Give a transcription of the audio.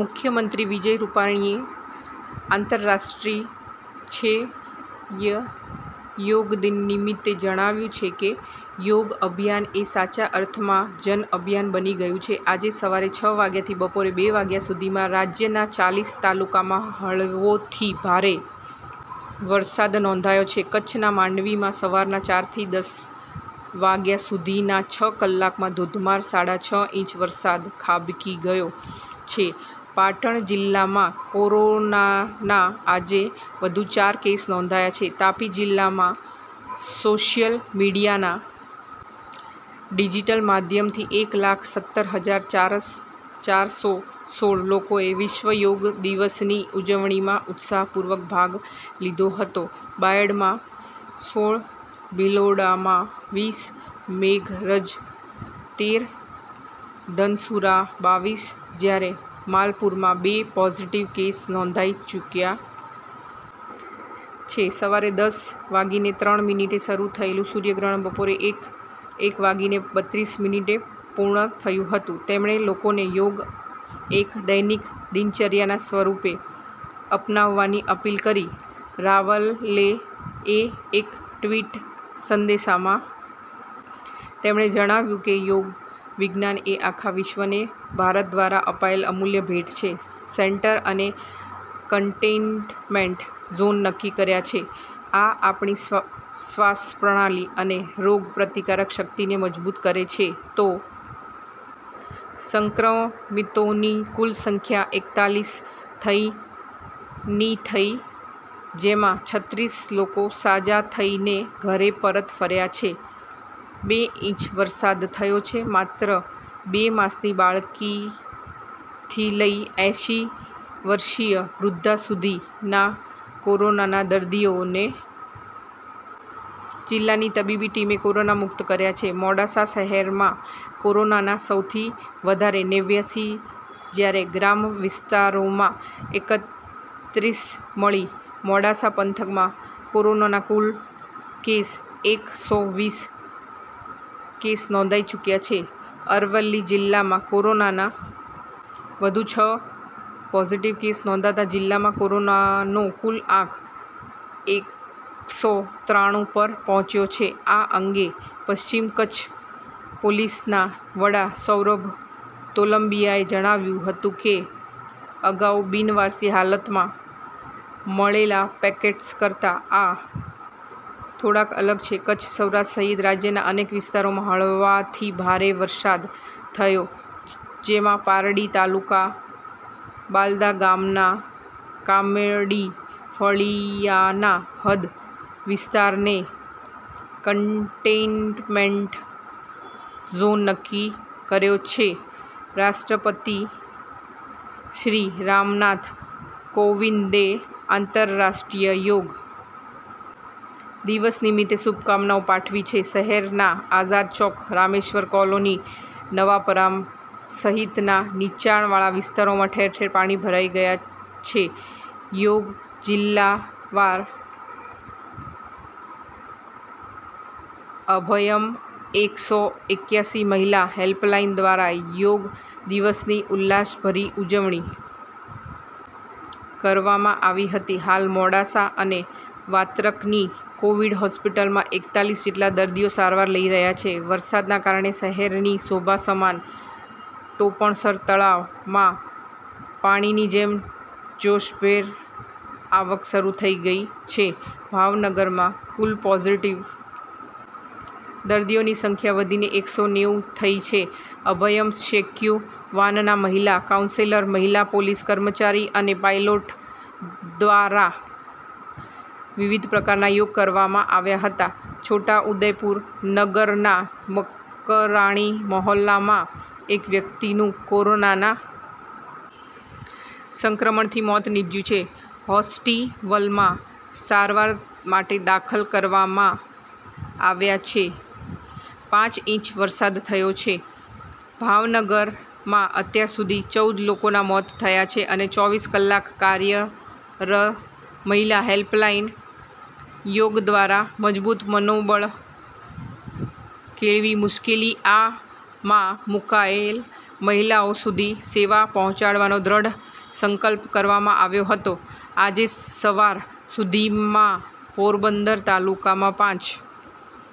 મુખ્યમંત્રી વિજય રૂપાણીએ આંતરરાષ્ટ્રીછેય યોગ દિન નિમિત્તે જણાવ્યું છે કે યોગ અભિયાન એ સાચા અર્થમાં જન અભિયાન બની ગયું છે આજે સવારે છ વાગ્યાથી બપોરે બે વાગ્યા સુધીમાં રાજ્યના ચાલીસ તાલુકામાં હળવોથી ભારે વરસાદ નોંધાયો છે કચ્છના માંડવીમાં સવારના ચારથી દસ વાગ્યા સુધીના છ કલાકમાં ધોધમાર સાડા છ ઈંચ વરસાદ ખાબકી ગયો છે પાટણ જિલ્લામાં કોરોનાના આજે વધુ ચાર કેસ નોંધાયા છે તાપી જિલ્લામાં સોશિયલ મીડીયાના ડિજીટલ માધ્યમથી એક લાખ સત્તર હજાર ચાર સો સોળ લોકોએ વિશ્વ યોગ દિવસની ઉજવણીમાં ઉત્સાહપૂર્વક ભાગ લીધો હતો બાયડમાં સોળ ભિલોડામાં વીસ મેઘરજ તેર ધનસુરા બાવીસ જ્યારે માલપુરમાં બે પોઝિટિવ કેસ નોંધાઈ ચુક્યા છે સવારે દસ વાગીને ત્રણ મિનિટે શરૂ થયેલું સૂર્યગ્રહણ બપોરે એક એક વાગીને બત્રીસ મિનિટે પૂર્ણ થયું હતું તેમણે લોકોને યોગને એક દૈનિક દિનચર્યાના સ્વરૂપે અપનાવવાની અપીલ કરી રાવલે એ એક ટવીટ સંદેશામાં તેમણે જણાવ્યું કે યોગ વિજ્ઞાન એ આખા વિશ્વને ભારત દ્વારા અપાયેલ અમૂલ્ય ભેટ છે સેન્ટર અને કન્ટેઇનમેન્ટ ઝોન નક્કી કર્યા છે આ આપણી શ્વાસ પ્રણાલી અને રોગ પ્રતિકારક શક્તિને મજબૂત કરે છે તો સંક્રમિતોની કુલ સંખ્યા એકતાલીસ થઈ ની થઈ જેમાં છત્રીસ લોકો સાજા થઇ ને ઘરે પરત ફર્યા છે બે ઇંચ વરસાદ થયો છે માત્ર બે માસની બાળકીથી લઈ એંસી વર્ષિય વૃધ્ધા સુધીના કોરોનાના દર્દીઓને જિલ્લાની તબીબી ટીમે કોરોના મુક્ત કર્યા છે મોડાસા શહેરમાં કોરોનાના સૌથી વધારે નેવ્યાસી જ્યારે ગ્રામ્ય વિસ્તારોમાં એકત્રીસ મળી મોડાસા પંથકમાં કોરોનાના કુલ કેસ એક સો વીસ કેસ નોંધાઈ ચુક્યા છે અરવલ્લી જિલ્લામાં કોરોનાના વધુ છ પોઝિટિવ કેસ નોંધાતા જિલ્લામાં કોરોનાનો કુલ આંક એક સો ત્રાણું પર પહોંચ્યો છે આ અંગે પશ્ચિમ કચ્છ પોલીસના વડા સૌરભ તોલંબિયાએ જણાવ્યું હતું કે અગાઉ બિનવારસી હાલતમાં મળેલા પેકેટ્સ કરતાં આ થોડાક અલગ છે કચ્છ સૌરાષ્ટ્ર સહિત રાજ્યના અનેક વિસ્તારોમાં હળવાથી ભારે વરસાદ થયો જેમાં પારડી તાલુકા બાલદા ગામના કામડી ફળિયાના હદ વિસ્તારને કન્ટેઇન્મેનટ ઝોન નક્કી કર્યો છે રાષ્ટ્રપતિ શ્રી રામનાથ કોવિંદે આંતરરાષ્ટ્રીય યોગ દિવસ નિમિત્તે શુભકામનાઓ પાઠવી છે શહેરના આઝાદ ચોક રામેશ્વર કોલોની નવાપરા સહિતના નીચાણવાળા વિસ્તારોમાં ઠેર ઠેર પાણી ભરાઈ ગયાં છે યોગ જિલ્લાવાર અભયમ એક સો એક્યાસી મહિલા હેલ્પલાઇન દ્વારા યોગ દિવસની ઉલ્લાસભેર ઉજવણી કરવામાં આવી હતી હાલ મોડાસા અને વાત્રકની કોવિડ હોસ્પિટલમાં એકતાલીસ જેટલા દર્દીઓ સારવાર લઇ રહ્યા છે વરસાદના કારણે શહેરની શોભા સમાન ટોપણસર તળાવમાં પાણીની જોશભેર આવક શરૂ થઈ ગઈ છે ભાવનગરમાં કુલ પોઝીટીવ દર્દીઓની સંખ્યા વધીને એક સો નેવું થઇ છે અભયમ શેક્યુ વાનના મહિલા કાઉન્સેલર મહિલા પોલીસ કર્મચારી અને પાઇલોટ ધ્વારા વિવિધ પ્રકારના યોગ કરવામાં આવ્યા હતા છોટાઉદેપુર નગરના મકરાણી મહોલ્લા માં એક વ્યક્તિનું કોરોનાના સંક્રમણથી મોત નિપજ્યું છે હોસ્ટિવલમાં સારવાર માટે દાખલ કરવામાં આવ્યા છે પાંચ ઈંચ વરસાદ થયો છે ભાવનગરમાં અત્યાર સુધી ચૌદ લોકોના મોત થયા છે ચોવીસ કલાક કાર્યર મહિલા હેલ્પલાઇન યોગ ધ્વારા મજબૂત મનોબળ કેળવી મુશ્કેલી મા મુકાયેલ મહિલાઓ સુધી સેવા પહોંચાડવાનો દ્રઢ સંકલ્પ કરવામાં આવ્યો હતો આજે સવાર સુધીમાં પોરબંદર તાલુકામાં પાંચ।